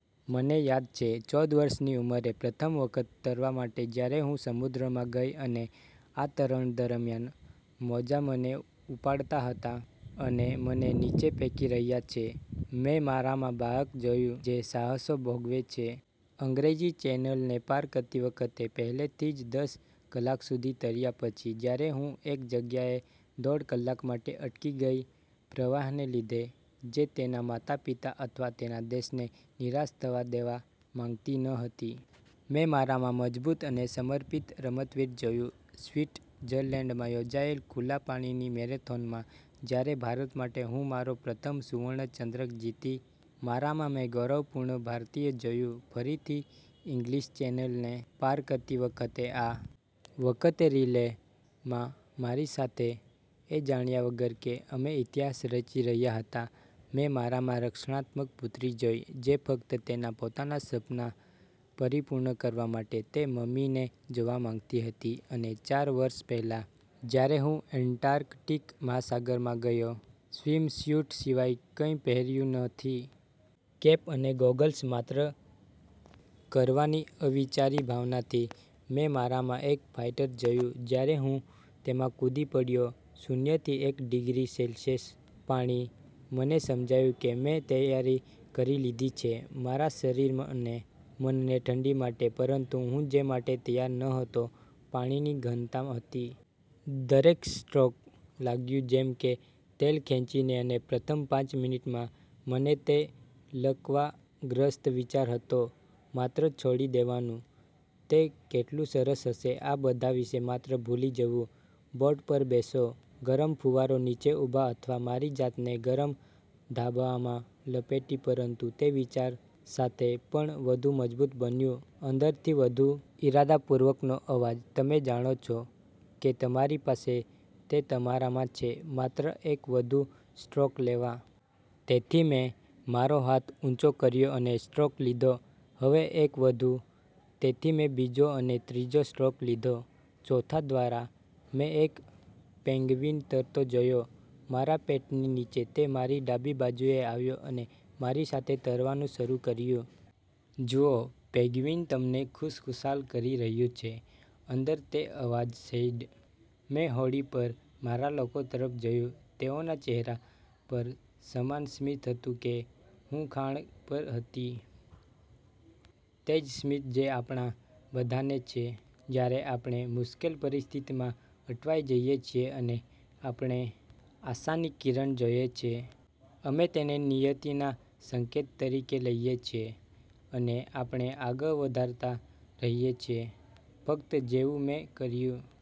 મને યાદ છે, ચૌદ વર્ષની ઉંમરે, પ્રથમ વખત તરવા માટે જ્યારે હું સમુદ્રમાં ગઇ અને આ તરણ દરમ્યાન, મોજા મને ઉપાડતા હતા અને મને નીચે ફેંકી રહ્યા છે, મેં મારામાં બાળક જોયું, જે સાહસો ભોગવે છે. અંગ્રેજી ચેનલને પાર કરતી વખતે, પહેલેથી જ દસ કલાક સુધી તર્યા પછી, જ્યારે હું એક જગ્યાએ દોઢ કલાક માટે અટકી ગઈ પ્રવાહને લીધે, જે તેના માતાપિતા અથવા તેના દેશને નિરાશ થવા દેવા માંગતી ન હતી. મેં મારામાં મજબૂત અને સમર્પિત રમતવીર જોયું. સ્વિટ્ઝરલેન્ડમાં યોજાયેલ ખુલ્લા પાણીની મેરેથોનમાં, જ્યારે ભારત માટે હું મારો પ્રથમ સુવર્ણ ચંદ્રક જીતી મારામાં મેં ગૌરવપૂર્ણ ભારતીય જોયું, ફરીથી ઇંગ્લિશ ચેનલને પાર કરતી વખતે, આ વખતે રિલે માં મારી માતા સાથે, એ જાણ્યા વગર કે અમે ઇતિહાસ રચી રહ્યા હતા, મેં મારામાં રક્ષણાત્મક પુત્રી જોઇ, જે ફક્ત તેના પોતાના સપના પરિપૂર્ણ કરવા માટે તે તેની મમ્મીને જોવા માંગતી હતી અને ચાર વર્ષ પહેલાં, જ્યારે હું એન્ટાર્કટિક મહાસાગરમાં ગયો, સ્વિમસ્યુટ સિવાય કંઇ પહેર્યું નથી. કેપ અને ગોગલ્સ, માત્ર કરવાની અવિચારી ભાવનાથી, મેં મારામાં એક ફાઇટર જોયું. જ્યારે હું તેમાં કૂદી પડ્યો શૂન્યથી એક ડિગ્રી સેલ્સિયસ પાણી, મને સમજાયું કે મેં તૈયારી કરી લીધી છે મારા શરીર અને મનને ઠંડી માટે, પરંતુ હું જે માટે તૈયાર ન હતો પાણીની ઘનતા હતી. દરેક સ્ટ્રોક લાગ્યું જેમ કે તેલ ખેંચીને અને પ્રથમ પાંચ મિનિટમાં મને તે લકવાગ્રસ્ત વિચાર હતો માત્ર છોડી દેવાનું. તે કેટલું સરસ હશે આ બધા વિશે માત્ર ભૂલી જવું, બોટ પર બેસો, ગરમ ફુવારો નીચે ઉભા અથવા મારી જાતને ગરમ ધાબળામાં લપેટી પરંતુ તે વિચાર સાથે, પણ વધુ મજબૂત બન્યું, અંદરથી વધુ ઇરાદાપૂર્વકનો અવાજ "તમે જાણો છો કે તમારી પાસે તે તમારામાં છે માત્ર એક વધુ સ્ટ્રોક લેવા. " તેથી મેં મારો હાથ ઉંચો કર્યો અને સ્ટ્રોક લીધો. "હવે એક વધુ. " તેથી મેં બીજો અને ત્રીજો સ્ટ્રોક લીધો. ચોથા દ્વારા, મેં એક પેન્ગ્વીન તરતો જોયો મારા પેટની નીચે તે મારી ડાબી બાજુએ આવ્યો અને મારી સાથે તરવાનું શરૂ કર્યું. "જુઓ, એક પેંગ્વિન તમને ખુશખુશાલ કરી રહ્યું છે," અંદર તે અવાજ સેઇડ. મેં હોડી પર મારા લોકો તરફ જોયું. તેઓના ચહેરા પર સમાન સ્મિત હતું કે હું ખાણ પર હતી. તે જ સ્મિત જે આપણા બધાને છે જ્યારે આપણે મુશ્કેલ પરિસ્થિતિમાં અટવાઈ જઈએ છીએ અને આપણે આશાની કિરણ જોયે છે. અમે તેને નિયતિના સંકેત તરીકે લઈએ છીએ, અને આપણે આગળ વધારતા રહીએ છીએ. ફક્ત જેવું મેં કર્યું,